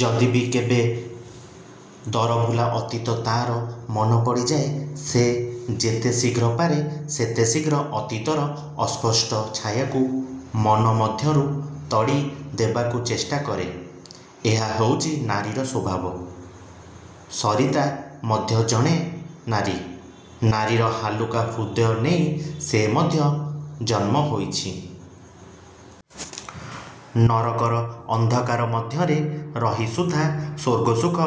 ଯଦି ବି କେବେ ଦରଭୁଲା ଅତୀତ ତା'ର ମନେପଡ଼ିଯାଏ ସେ ଯେତେ ଶୀଘ୍ର ପାରେ ସେତେ ଶୀଘ୍ର ଅତୀତର ଅସ୍ପଷ୍ଟ ଛାୟାକୁ ମନ ମଧ୍ୟରୁ ତଡ଼ି ଦେବାକୁ ଚେଷ୍ଟା କରେ। ଏହା ହେଉଛି ନାରୀର ସ୍ୱଭାବ। ସରିତା ମଧ୍ୟ ଜଣେ ନାରୀ। ନାରୀର ହାଲୁକା ହୃଦୟ ନେଇ ସେ ମଧ୍ୟ ଜନ୍ମ ହୋଇଛି। ନରକର ଅନ୍ଧକାର ମଧ୍ୟରେ ରହି ସୁଦ୍ଧା ସ୍ୱର୍ଗସୁଖ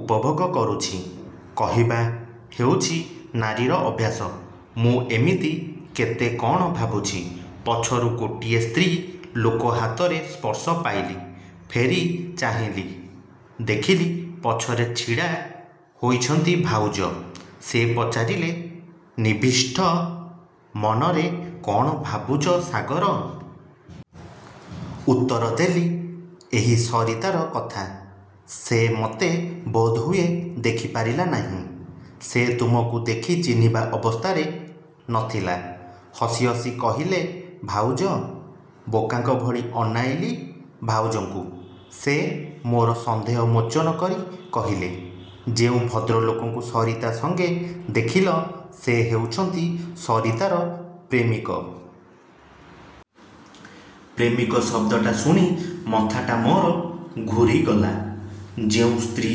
ଉପଭୋଗ କରୁଛି କହିବା ହେଉଛି ନାରୀର ଅଭ୍ୟାସ। ମୁଁ ଏମିତି କେତେ କ'ଣ ଭାବୁଛି। ପଛରୁ ଗୋଟିଏ ସ୍ତ୍ରୀ ଲୋକ ହାତର ସ୍ପର୍ଶ ପାଇଲି। ଫେରି ଚାହିଁଲି। ଦେଖିଲି ପଛରେ ଛିଡ଼ା ହୋଇଛନ୍ତି ଭାଉଜ। ସେ ପଚାରିଲେ, 'ନିବିଷ୍ଟ ମନରେ କ'ଣ ଭାବୁଛ ସାଗର? ' ଉତ୍ତରଦେଲି, ''ଏହି ସରିତାର କଥା। ସେ ମୋତେ ବୋଧହୁଏ ଦେଖି ପାରିଲା ନାହିଁ। '' ''ସେ ତୁମକୁ ଦେଖି ଚିହ୍ନିବା ଅବସ୍ଥାରେ ନ ଥିଲା। '' ହସି ହସି କହିଲେ ଭାଉଜ। ବୋକାଙ୍କଭଳି ଅନାଇଲି ଭାଉଜଙ୍କୁ। ସେ ମୋର ସନ୍ଦେହ ମୋଚନ କରି କହିଲେ, ''ଯେଉଁ ଭଦ୍ରଲୋକଙ୍କୁ ସରିତା ସଙ୍ଗେ ଦେଖିଲ, ସେ ହେଉଛନ୍ତି, ସରିତାର ପ୍ରେମିକ। '' ପ୍ରେମିକ ଶବ୍ଦଟା ଶୁଣି ମଥାଟା ମୋର ଘୂରିଗଲା। ଯେଉଁ ସ୍ତ୍ରୀ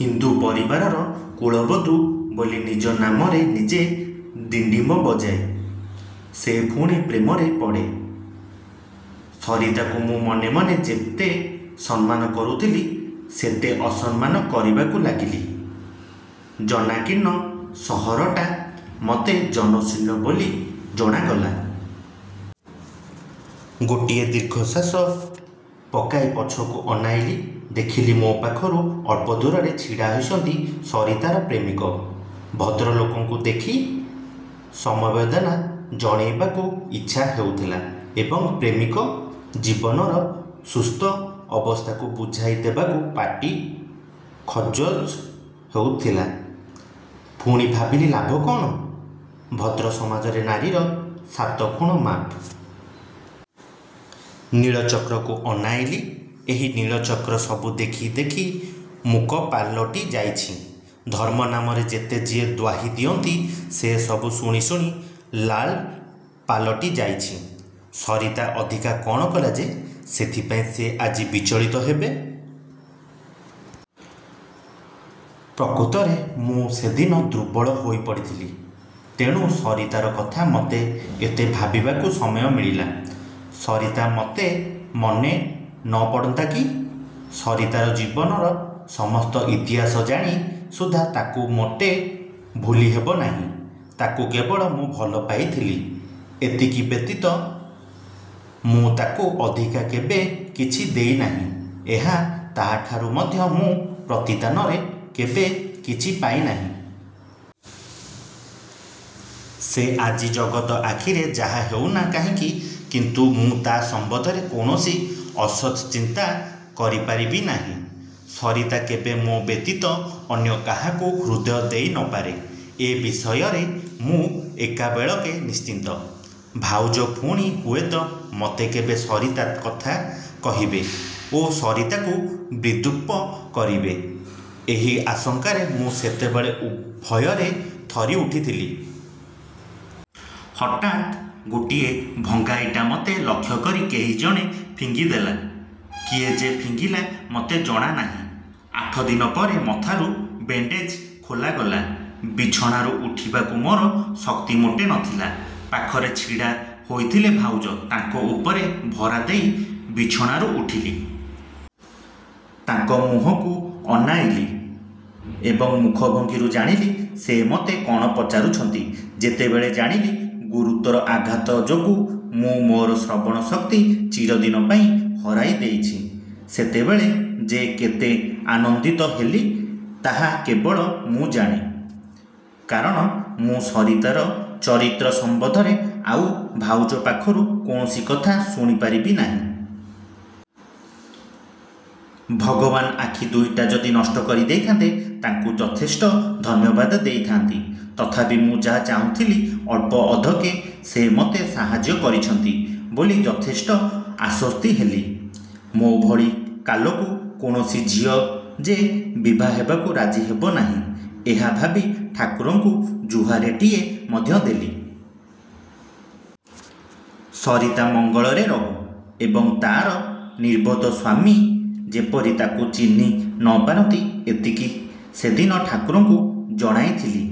ହିନ୍ଦୁ ପରିବାରର କୁଳବଧୂ ବୋଲି ନିଜ ନାମରେ ନିଜେ ଡିଣ୍ଡିମ ବଜାଏ, ସେ ପୁଣି ପ୍ରେମରେ ପଡ଼େ? ସରିତାକୁ ମୁଁ ମନେମନେ ଯେତେ ସମ୍ମାନ କରୁଥିଲି ସେତେ ଅସମ୍ମାନ କରିବାକୁ ଲାଗିଲି। ଜନାକୀର୍ଣ୍ଣ ସହରଟା ମୋତେ ଜନଶୂନ୍ୟ ବୋଲି ଜଣାଗଲା। ଗୋଟିଏ ଦୀର୍ଘଶ୍ୱାସ ପକାଇ ପଛକୁ ଅନାଇଲି। ଦେଖିଲି ମୋ ପାଖରୁ ଅଳ୍ପଦୂରରେ ଛିଡ଼ାହୋଇଛନ୍ତି ସରିତାର ପ୍ରେମିକ-। ଭଦ୍ରଲୋକକୁ ଦେଖି ସମବେଦନା ଜଣାଇବାକୁ ଇଚ୍ଛା ହେଉଥିଲା ଏବଂ ପ୍ରେମିକ ଜୀବନର ସୁସ୍ଥ ଅବସ୍ଥାକୁ ବୁଝାଇ ଦେବାକୁ ପାଟି ଖଜ୍ବଜ୍ ହେଉଥିଲା। ପୁଣି ଭାବିଲି ଲାଭ କ'ଣ? ଭଦ୍ରସମାଜରେ ନାରୀର ସାତଖୁଣ ମାଫ। ନୀଳଚକ୍ରକୁ ଅନାଇଲି। ଏହି ନୀଳଚକ୍ର ସବୁ ଦେଖି ଦେଖି ମୂକ ପାଲଟି ଯାଇଛି। ଧର୍ମ ନାମରେ ଯେତେ ଯିଏ ଦ୍ୱାହି ଦିଅନ୍ତି, ସେ ସବୁ ଶୁଣି ଶୁଣି ଲାଲ ପାଲଟି ଯାଇଛି। ସରିତା ଅଧିକା କ'ଣ କଲା ଯେ ସେଥିପାଇଁ ସେ ଆଜି ବିଚଳିତ ହେବ? ପ୍ରକୃତରେ ମୁଁ ସେଦିନ ଦୁର୍ବଳ ହୋଇପଡ଼ିଥିଲି। ତେଣୁ ସରିତାର କଥା ମୋତେ ଏତେ ଭାବିବାକୁ ସମୟ ମିଳିଲା, ସରିତା ମୋଟେ ମନେ ନ ପଡ଼ନ୍ତା କି? ସରିତାର ଜୀବନର ସମସ୍ତ ଇତିହାସ ଜାଣି ସୁଦ୍ଧା ତାକୁ ମୋଟେ ଭୁଲିହେବ ନାହିଁ। ତାକୁ କେବଳ ମୁଁ ଭଲପାଇଥିଲି, ଏତିକି ବ୍ୟତୀତ ମୁଁ ତାକୁ ଅଧିକା କେବେ କିଛି ଦେଇନାହିଁ ଏବଂ ତାହାଠାରୁ ମଧ୍ୟ ମୁଁ ପ୍ରତିଦାନରେ କେବେ କିଛି ପାଇନାହିଁ। ସେ ଆଜି ଜଗତ ଆଖିରେ ଯାହା ହେଉନା କାହିଁକି, କିନ୍ତୁ ମୁଁ ତା' ସମ୍ବନ୍ଧରେ କୌଣସି ଅସତ୍ ଚିନ୍ତା କରିପାରିବି ନାହିଁ। ସରିତା କେବେ ମୋ ବ୍ୟତୀତ ଅନ୍ୟ କାହାକୁ ହୃଦୟ ଦେଇ ନ ପାରେ। ଏ ବିଷୟରେ ମୁଁ ଏକାବେଳକେ ନିଶ୍ଚିନ୍ତ। ଭାଉଜ ପୁଣି ହୁଏତ ମୋତେ କେବେ ସରିତା କଥା କହିବେ ଓ ସରିତାକୁ ବିଦ୍ରୂପ କରିବେ ଏହି ଆଶଙ୍କାରେ ମୁଁ ସେତେବେଳେ ଭୟରେ ଥରିଉଠିଥିଲି। ହଠାତ୍ ଗୋଟିଏ ଭଙ୍ଗାଇଟା ମୋତେ ଲକ୍ଷ୍ୟକରି କେହିଜଣେ ଫିଙ୍ଗି ଦେଲା। କିଏ ଯେ ଫିଙ୍ଗିଲା ମୋତେ ଜଣାନାହିଁ। ଆଠଦିନ ପରେ ମଥାରୁ ବେଣ୍ଡେଜ୍ ଖୋଲାଗଲା। ବିଛଣାରୁ ଉଠିବାକୁ ମୋର ଶକ୍ତି ମୋଟେ ନ ଥିଲା। ପାଖରେ ଛିଡ଼ା ହୋଇଥିଲେ ଭାଉଜ। ତାଙ୍କ ଉପରେ ଭରା ଦେଇ ବିଛଣାରୁ ଉଠିଲି। ତାଙ୍କ ମୁହଁକୁ ଅନାଇଲି ଏବଂ ମୁଖଭଙ୍ଗୀରୁ ଜାଣିଲି, ସେ ମୋତେ କ'ଣ ପଚାରୁଛନ୍ତି। ଯେତେବେଳେ ଜାଣିଲି ଗୁରୁତର ଆଘାତ ଯୋଗୁଁ ମୁଁ ମୋର ଶ୍ରବଣ ଶକ୍ତି ଚିରଦିନପାଇଁ ହରାଇ ଦେଇଛି, ସେତେବେଳେ ଯେ କେତେ ଆନନ୍ଦିତ ହେଲି ତାହା କେବଳ ମୁଁ ଜାଣେ, କାରଣ ମୁଁ ସରିତାର ଚରିତ୍ର ସମ୍ବନ୍ଧରେ ଆଉ ଭାଉଜ ପାଖରୁ କୌଣସି କଥା ଶୁଣିପାରିବି ନାହିଁ। ଭଗବାନ ଆଖି ଦୁଇଟା ଯଦି ନଷ୍ଟ କରି ଦେଇଥାନ୍ତେ ତାଙ୍କୁ ଯଥେଷ୍ଟ ଧନ୍ୟବାଦ ଦେଇଥାଆନ୍ତି। ତଥାପି ମୁଁ ଯାହା ଚାହୁଁଥିଲି ଅଳ୍ପଅଧିକେ ସେ ମୋତେ ସାହାଯ୍ୟ କରିଛନ୍ତି ବୋଲି ଯଥେଷ୍ଟ ଆଶ୍ୱସ୍ତି ହେଲି। ମୋ ଭଳି କାଲକୁ କୌଣସି ଝିଅ ଯେ ବିଭାହେବାକୁ ରାଜି ହେବନାହିଁ ଏହା ଭାବି ଠାକୁରଙ୍କୁ ଜୁହାରଟିଏ ମଧ୍ୟ ଦେଲି। 'ସରିତା ମଙ୍ଗଳରେ ରହୁ ଏବଂ ତା'ର ନିର୍ବୋଧ ସ୍ୱାମୀ ଯେପରି ତାକୁ ଚିହ୍ନି ନ ପାରନ୍ତି' ଏତିକି ସେଦିନ ଠାକୁରଙ୍କୁ ଜଣାଇଥିଲି।